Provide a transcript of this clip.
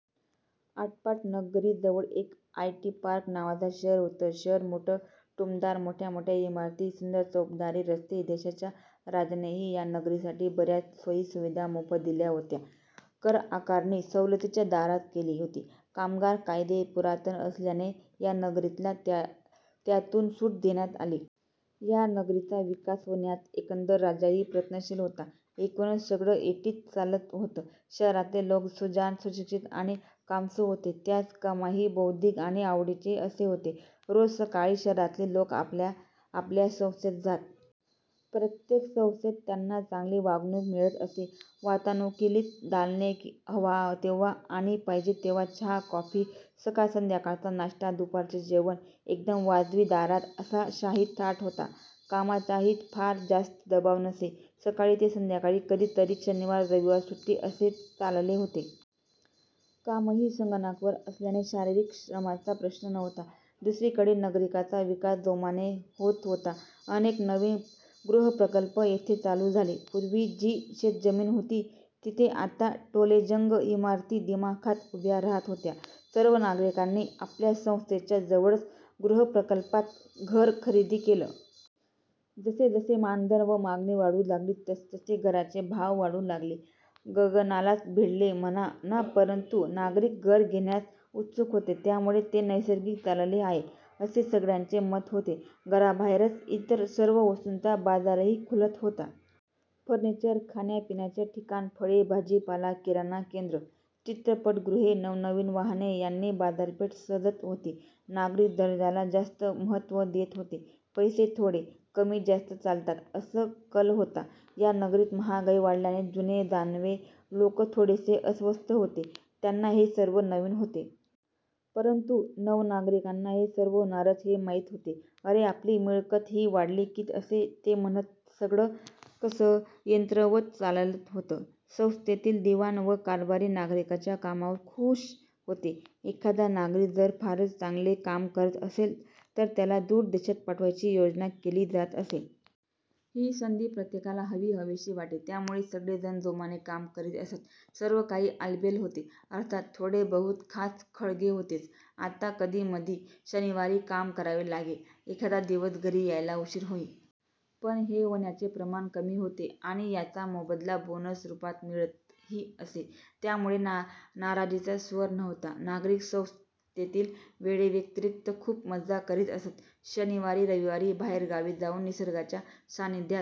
आटपाट नगरी जवळच एक आयटीपार्क नावाचं शहर होतं. शहर मोठ टूमदार. मोठ्या मोठ्या इमारती, सुंदर चौपदरी रस्ते. देशाच्या राजानेही या नगरीसाठी बरयाच सोयी-सुविधा मोफत दिल्या होते. करआकारणी सवलतीच्या दारात केली होती. कामगार कायदे पुरातन असल्याने या नगरीला त्यातून सुट देण्यात आली. ह्या नगरीचा विकास होण्यात एकंदर राजाही प्रयत्नशील होता. एकूणच सगळं ऐटीत चालल होतं. शहरातले लोक सुजाण, सुशिक्षित आणि कामसू होते. त्यांच कामही बौद्धिक आणि आवडीचे असे होते. रोज सकाळी शहरातली लोक आपल्या आपल्या संस्थेत जात. प्रत्येक संस्थेत त्यांना चांगली वागणूक मिळत असे. वातानुकुलीत दालने, हवा तेंव्हा आणि पाहिजे तेंव्हा चहा- कॉफी, सकाळ संध्याकाळचा नाष्टा, दुपारचे जेवण एकदम वाजवी दारात असा शाही थाट होता. कामाचाही फार जास्त दबाव नसे, सकाळी ते संध्याकाळी कधीतरी, शनिवार, रविवार सुट्टी असे चालले होते. कामही संगणकावर असल्याने शारीरिक श्रमाचा प्रश्न नव्हता. दुसरीकडे नगरीचा विकास जोमाने होत होता. अनेक नवीन गृहप्रकल्प येथे चालू झाले. पूर्वी जी शेतजमीन होती, तिथे आता टोलेजंग इमारती दिमाखात उभ्या राहत होत्या. सर्व नागरीकांनी आपल्या संस्थेच्या जवळच गृहप्रकल्पात घर खरेदी केले. जसजसे मानधन व मागणी वाढू लागली तसतसे घरांचे भाव वाढू लागले, गगनालाच भिडले म्हणा ना. परंतु नागरिक घर घेण्यास उत्सुक होते, त्यामुळे हे नैस्रार्गिक चालले आहे असे सगळ्यांचे मत होते. घराबरोबरच इतर सर्व वस्तूंचा बाजारही खुलत होता. फर्निचर, खाण्या पिण्याची ठिकाणं, फळे- भाजीपाल किराणा केंद्र, चित्रपटगृहे, नवनवीन वाहने यांनी बाजारपेठ सजत होती. नागरिक दर्जा ला जास्त महत्व देत होते, पैसे थोडे कमी-जास्त चालतात असा कल होता. या नगरीत महागाई वाढल्याने जुने जाणते लोक थोडेसे अस्वस्थ होते, त्याना हे सर्व नवीन होते. परंतु नवनागरीकांना हे सर्व होणारच हे माहित होते. "अरे आपली मिळकत ही वाढली की" असे ते म्हणत. सगळं कसं यंत्रवत चालला होतं. संस्थेतील दिवाण व कारभारी नागरिकांच्या कामावर खूष होते, एखादा नागरिक जर फारच चांगले काम करत असेल तर त्याला दूर देशात पाठवायची योजना केली जात असे. ही संधी प्रत्येकाला हवी हवीशी वाटे. त्यामुळे सगळे जण जोमाने काम करीत असत. सर्व काही आलबेल होते. अर्थात थोडे बहुत खाच खळगे होतेच. आता कधीमधी शनिवारी काम करावे लागे. एखाद दिवस घरी यायला उशीर होई. पण हे होण्याचे प्रमाण कमी होते आणि याचा मोबदला बोनस रूपात मिळतही असे, त्यामुळे नाराजीचा स्वर नव्हता. नागरिक संस्थेतील वेळेव्यतिरिक्त खूप मजा करीत असत. शनिवार रविवारी बाहेरगावी जाउन निसर्गाच्या सान्निध्यात